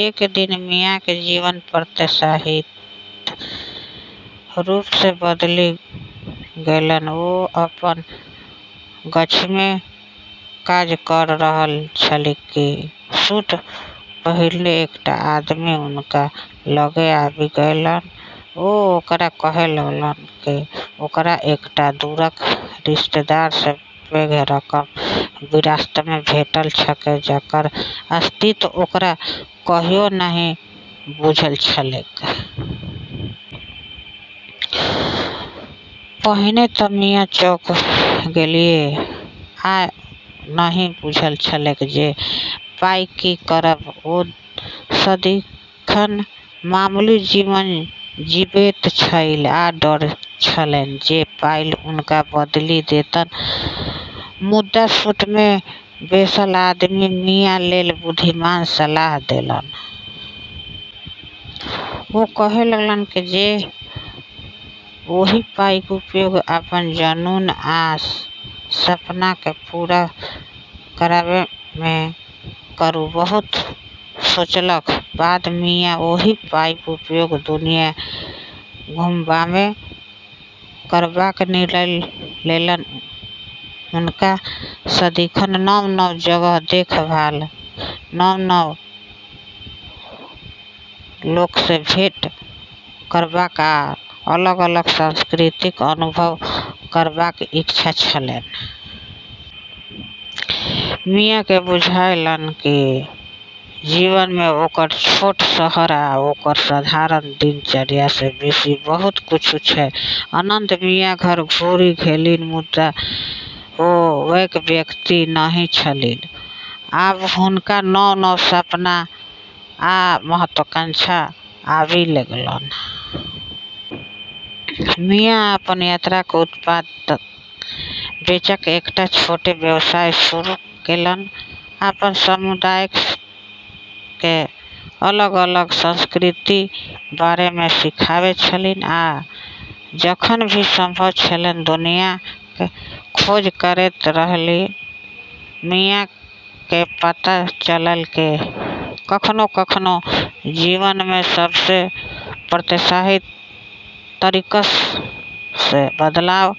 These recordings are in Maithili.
एक दिन मियाक जीवन अप्रत्याशित रूपसँ बदलि गेलैन। ओ अपन गाछीमे काज कऽ रहल छलीह कि सूट पहिरने एकटा आदमी हुनका लग आबि गेलैन। ओ ओकरा कहलकैन जे ओकरा एकटा दूरक रिश्तेदारसँ पैघ रकम विरासतमे भेटल छैक जकर अस्तित्व ओकरा कहियो नहि बुझल छलैक। पहिने तँ मिया चौंक गेलीह आ नहि बुझल छलैन जे पाइक की करब। ओ सदिखन मामूली जीवन जीबैत छलीह आ डर छलैन जे पाइ हुनका बदलि देतैन। मुदा सूटमे बैसल आदमी मियालेल बुद्धिमान सलाह देलैन। ओ कहलकैन जे ओहि पाइक उपयोग अपन जुनून आ सपनाकेँ पूरा करबामे करू। बहुत सोचलाक बाद मिया ओहि पाइक उपयोग दुनिया घुमबामे करबाक निर्णय लेलैन। हुनका सदिखन नव-नव जगह देखबाक, नव-नव लोकसँ भेंट करबाक, आ अलग-अलग संस्कृतिक अनुभव करबाक इच्छा छलैन। मियाकेँ बुझायलैन जे जीवनमे ओकर छोट शहर आ ओकर साधारण दिनचर्यासँ बेसी बहुत किछु छै। अन्ततः मिया घर घुरि गेलीह, मुदा ओ वैह व्यक्ति नहि छलीह। आब हुनका नव-नव सपना आ महत्वाकांक्षा आबि गेलैन। मिया अपन यात्राक उत्पाद बेचैक एकटा छोट व्यवसाय शुरू केलैन, अपन समुदायकेँ अलग-अलग संस्कृतिक बारेमे सिखाबै छलीह, आ जखन भी संभव छलैन दुनियाक खोज करैत रहलीह। मियाकेँ पता चललैन जे कखनो-कखनो, जीवनमे सबसँ अप्रत्याशित तरीकासँ बदलाव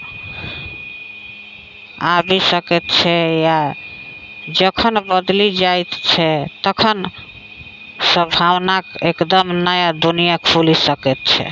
आबि सकैत छै, आ जखन बदलि जाइत छै, तखन संभावनाक एकदम नया दुनिया खुलि सकैत छै।